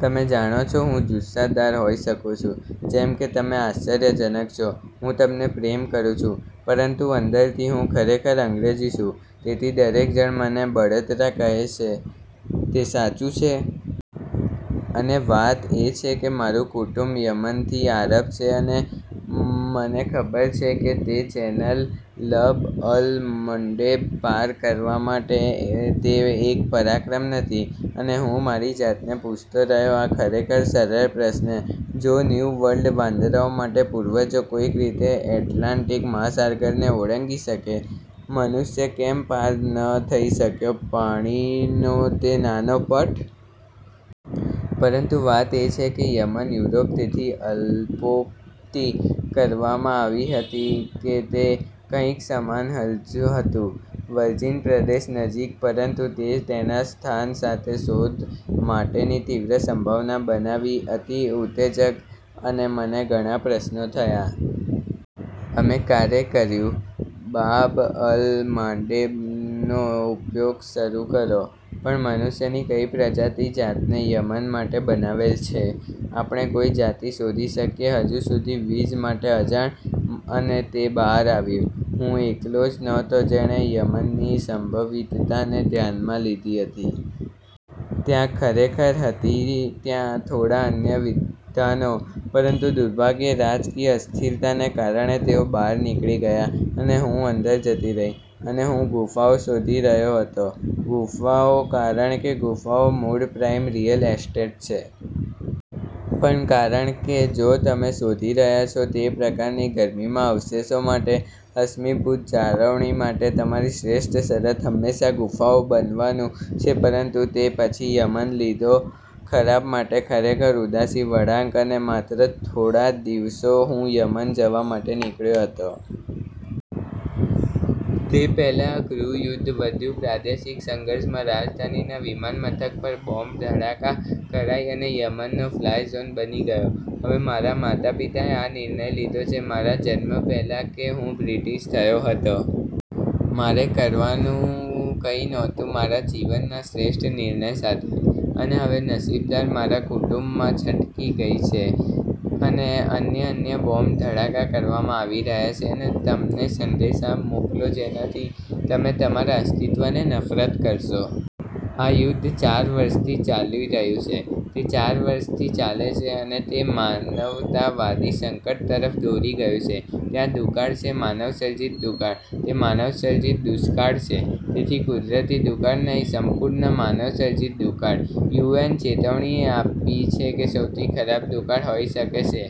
તમે જાણો છો હું જુસ્સાદાર હોઈ શકું છું. જેમ કે, "તમે આશ્ચર્યજનક છો. હું તમને પ્રેમ કરું છું." પરંતુ અંદરથી હું ખરેખર અંગ્રેજી છું. તેથી દરેક જણ મને બળતરા કરે સે તે સાચું છે. અને વાત એ છે કે મારું કુટુંબ યમનથી આરબ છે અને મને ખબર છે કે તે ચેનલ લબ-અલ-મંડેબ પાર કરવા માટે તે એક પરાક્રમ નથી. અને હું મારી જાતને પૂછતો રહ્યો આ ખરેખર સરળ પ્રશ્ન, "જો ન્યૂ વર્લ્ડ વાંદરાઓ માટે પૂર્વજો કોઈક રીતે એટલાન્ટિક મહાસાગરને ઓળંગી શકે, મનુષ્ય કેમ પાર ન થઈ શક્યો પાણીનો તે નાનો પટ?" પરંતુ વાત એ છે કે યમન, યુરોપ તેથી અલ્પોક્તિ કરવામાં આવી હતી કે તે કંઈક સમાન હજો હતું વર્જિન પ્રદેશ નજીક. પરંતુ તે તેના સ્થાન સાથે શોધ માટેની તીવ્ર સંભાવના બનાવી અતિ ઉતેજક અને મને ઘણા પ્રશ્નો થયા. અમે ક્યારે કર્યું? બાબ-અલ-માંડેબનો ઉપયોગ શરૂ કરો? પણ, મનુષ્યની કઈ પ્રજાતિ જાતને યમન માટે બનાવેલ છે? આપણે કોઈ જાતિ શોધી શકીએ હજુ સુધી વિજ્ માટે અજાણ? અને તે બહાર આવ્યું. હું એકલો જ નહોતો જેણે યમનની સંભવિતતાને ધ્યાનમાં લીધી હતી. ત્યાં ખરેખર હતી ત્યાં થોડા અન્ય વિદાનો. પરંતુ દુર્ભાગ્યે, રાજકીય અસ્થિરતાને કારણે તેઓ બહાર નીકળી ગયા અને હું અંદર જતી રહી. અને હું ગુફાઓ શોધી રહ્યો હતો. ગુફાઓ કારણ કે ગુફાઓ મૂળ પ્રાઇમ રીઅલ એસ્ટેટ છે. પણ કારણ કે જો તમે શોધી રહ્યા છો તે પ્રકારની ગરમીમાં અવશેષો માટે, અશ્મિભૂત જાળવણી માટે તમારી શ્રેષ્ઠ શરત હંમેશા ગુફાઓ બનવાનું છે. પરંતુ તે પછી યમન લીધો ખરાબ માટે ખરેખર ઉદાસી વળાંક અને માત્ર થોડા દિવસો હું યમન જવા માટે નીકળ્યો હતો. તે પહેલાં ગૃહ યુદ્ધ વધ્યું પ્રાદેશિક સંઘર્ષમાં, રાજધાનીના વિમાનમથક પર બોમ્બ ધડાકા કરાઈ અને યમન નો ફ્લાય ઝોન બની ગયો. હવે, મારા માતાપિતાએ આ નિર્ણય લીધો છે મારા જન્મ પહેલાં કે હું બ્રિટીશ થયો હતો. મારે કરવાનું કંઈ નહોતું મારા જીવનના શ્રેષ્ઠ નિર્ણય સાથે. અને હવે, નસીબદાર મારા કુટુંબમાં છટકી ગઈ છે અને અન્ય અન્ય બોમ્બ ધડાકા કરવામાં આવી રહ્યા છે અને તમને સંદેશા મોકલો જેનાથી તમે તમારા અસ્તિત્વને નફરત કરશો. આ યુદ્ધ ચાર વર્ષથી ચાલી રહ્યું છે. તે ચાર વર્ષથી ચાલે છે અને તે માનવતાવાદી સંકટ તરફ દોરી ગયું છે. ત્યાં દુકાળ છે, માનવસર્જિત દુકાળ. તે માનવસર્જિત દુષ્કાળ છે. તેથી કુદરતી દુકાળ નહીં, સંપૂર્ણ માનવસર્જિત દુકાળ યુએન ચેતવણી આપી છે કે સૌથી ખરાબ દુકાળ હોઈ શકે સે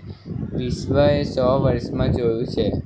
વિશ્વએ સો વર્ષમાં જોયું છે.